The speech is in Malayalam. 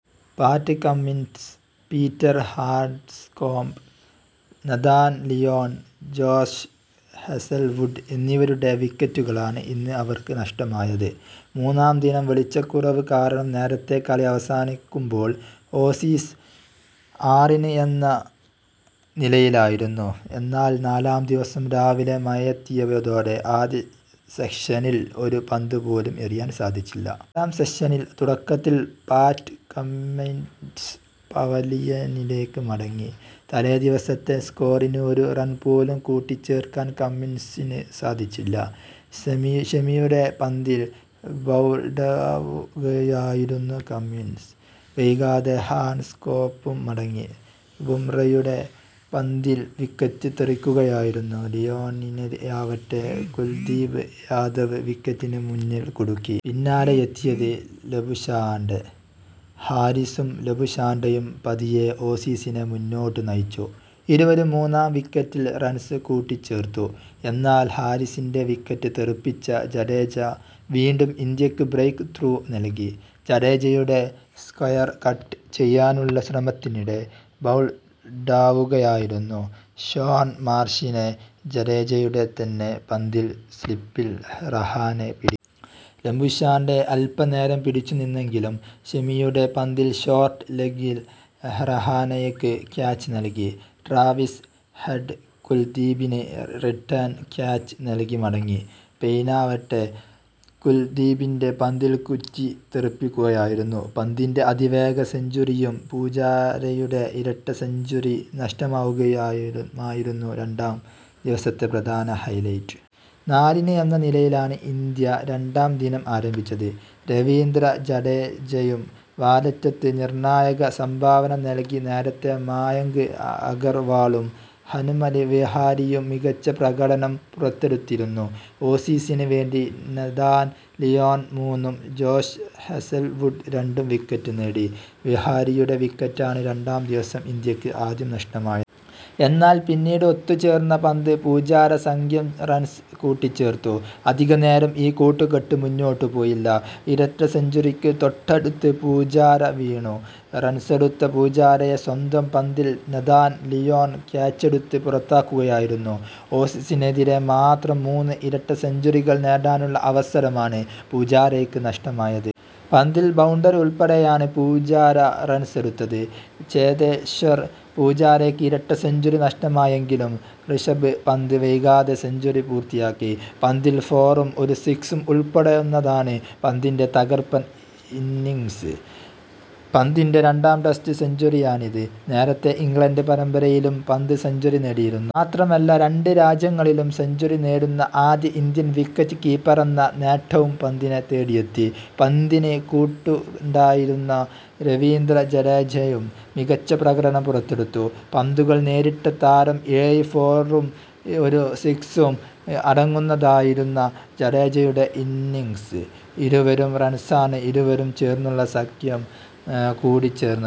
പാറ്റ് Cummins, Peter Handscomb, Nathan Lyon, Josh Hazlewood എന്നിവരുടെ വിക്കറ്റുകളാണ് ഇന്ന് അവർക്ക് നഷ്ടമായത്. മൂന്നാം ദിനം വെളിച്ചക്കുറവ് കാരണം നേരത്തെ കളി അവസാനിക്കുമ്പോൾ ഓസീസ് ആറിന് എന്ന നിലയിലായിരുന്നു. എന്നാൽ നാലാം ദിവസം രാവിലെ മഴയെത്തിയതോടെ ആദ്യ സെഷനിൽ ഒരു പന്ത് പോലും എറിയാൻ സാധിച്ചില്ല. രണ്ടാം സെഷനിൽ തുടക്കത്തിൽ പാറ്റ് കമ്മിൻസ് പവലിയനിലേക്ക് മടങ്ങി. തലേ ദിവസത്തെ സ്കോറിന് ഒരു റൺ പോലും കൂട്ടിച്ചേർക്കാൻ കമ്മിൻസിന് സാധിച്ചില്ല. ഷമിയുടെ പന്തിൽ ബൌൾഡാവുകയായിരുന്നു കമ്മിൻസ്. വൈകാതെ ഹാൻഡ്സ്കോംപും മടങ്ങി. ബുംറയുടെ പന്തിൽ വിക്കറ്റ് തെറിക്കുകയായിരുന്നു. ലിയോണിനെയാവട്ടെ കുൽദീപ് യാദവ് വിക്കറ്റിന് മുന്നിൽ കുടുക്കി. പിന്നാലെ എത്തിയത് ലബുഷാഗ്നെ. ഹാരിസും ലബുഷാഗ്നെയും പതിയെ ഓസീസിനെ മുന്നോട്ട് നയിച്ചു. ഇരുവരും മൂന്നാം വിക്കറ്റിൽ റൺസ് കൂട്ടിച്ചേർത്തു. എന്നാൽ ഹാരിസിന്റെ വിക്കറ്റ് തെറിപ്പിച്ച ജഡേജ വീണ്ടും ഇന്ത്യക്ക് ബ്രേക്ക് ത്രൂ നൽകി. ജഡേജയുടെ സ്ക്വയർ കട്ട് ചെയ്യാനുള്ള ശ്രമത്തിനിടെ ബൌൾഡാവുകയായിരുന്നു. ഷോൺ മാർഷിനെ ജഡേജയുടെ തന്നെ പന്തിൽ സ്ലിപ്പിൽ രഹാനെ പിടികൂടി. ലബുഷാഗ്നെ അൽപനേരം പിടിച്ചു നിന്നെങ്കിലും ഷമിയുടെ പന്തിൽ ഷോർട്ട് ലെഗിൽ രഹാനെയ്ക്ക് ക്യാച്ച് നൽകി. ട്രാവിസ് ഹെഡ് കുൽദീപിന് റിട്ടേൺ ക്യാച്ച് നൽകി മടങ്ങി. പെയ്നാവട്ടെ കുൽദീപിന്റെ പന്തിൽ കുറ്റി തെറിക്കുകയായിരുന്നു. പന്തിന്റെ അതിവേഗ സെഞ്ചുറിയും പൂജാരയുടെ ഇരട്ട സെഞ്ചുറി നഷ്ടവുമായിരുന്നു രണ്ടാം ദിവസത്തെ പ്രധാന ഹൈലൈറ്റസ്. നാലിന് എന്ന നിലയിലാണ് ഇന്ത്യ രണ്ടാം ദിനം ആരംഭിച്ചത്. രവീന്ദ്ര ജഡേജയും വാലറ്റത്ത് നിർണായക സംഭാവന നൽകി. നേരത്തെ മായങ്ക് അഗർവാളും, ഹനുമ വിഹാരി യും മികച്ച പ്രകടനം പുറത്തെടുത്തിരുന്നു. ഓസീസിന് വേണ്ടി നഥാൻ ലിയോൺ മൂന്നും ജോഷ് ഹേസൽവുഡ് രണ്ടും വിക്കറ്റ് നേടി. വിഹാരിയുടെ വിക്കറ്റാണ് രണ്ടാം ദിവസം ഇന്ത്യക്ക് ആദ്യം നഷ്ടമായത്. എന്നാൽ പിന്നീട് ഒത്തുച്ചേർന്ന പന്ത് പൂജാര സഖ്യം റൺസ് കൂട്ടിച്ചേർത്തു. അധികനേരം ഈ കൂട്ടുക്കെട്ട് മുന്നോട്ട് പോയില്ല. ഇരട്ട സെഞ്ചുറിക്ക് തൊട്ടടുത്ത് പൂജാര വീണു. റൺസെടുത്ത പൂജാരയെ സ്വന്തം പന്തിൽ നഥാൻ ലിയോൺ ക്യാച്ചെടുത്ത് പുറത്താക്കുകയായിരുന്നു. ഓസീസിനെതിരെ മാത്രം മൂന്ന് ഇരട്ട സെഞ്ചുറികൾ നേടാനുള്ള അവസരമാണ് പൂജാരയ്ക്ക് നഷ്ടമായത്. പന്തിൽ ബൌണ്ടറി ഉൾപ്പെടെയാണ് പൂജാര റൺസെടുത്തത്. ചേതേശ്വർ പൂജാരയ്ക്ക് ഇരട്ട സെഞ്ചുറി നഷ്ടമായെങ്കിലും ഋഷഭ് പന്ത് വൈകാതെ സെഞ്ചുറി പൂർത്തിയാക്കി. പന്തിൽ ഫോറും ഒരു സ്കിസും ഉൾപ്പെടുന്നതാണ് പന്തിന്റെ തകർപ്പൻ ഇന്നിങ്സ്. പന്തിന്റെ രണ്ടാം ടെസ്റ്റ് സെഞ്ചുറിയാണിത്. നേരത്തെ ഇംഗ്ലണ്ട് പരമ്പരയിലും പന്ത് സെഞ്ചുറി നേടിയിരുന്നു. മാത്രമല്ല, രണ്ട് രാജ്യങ്ങളിലും സെഞ്ചുറി നേടുന്ന ആദ്യ ഇന്ത്യൻ വിക്കറ്റ് കീപ്പറെന്ന നേട്ടവും പന്തിനെ തേടിയെത്തി. പന്തിന് കൂട്ടുണ്ടായിരുന്ന രവീന്ദ്ര ജഡേജയും മികച്ച പ്രകടനം പുറത്തെടുത്തു. പന്തുകൾ നേരിട്ട താരം ഏഴ് ഫോറും ഒരു സിക്സും അടങ്ങുന്നതായിരുന്ന ജഡേജയുടെ ഇന്നിങ്സ്. ഇരുവരും റൺസാണ് ഇരുവരും ചേർന്നുള്ള സഖ്യം കൂട്ടിച്ചേർത്തത്.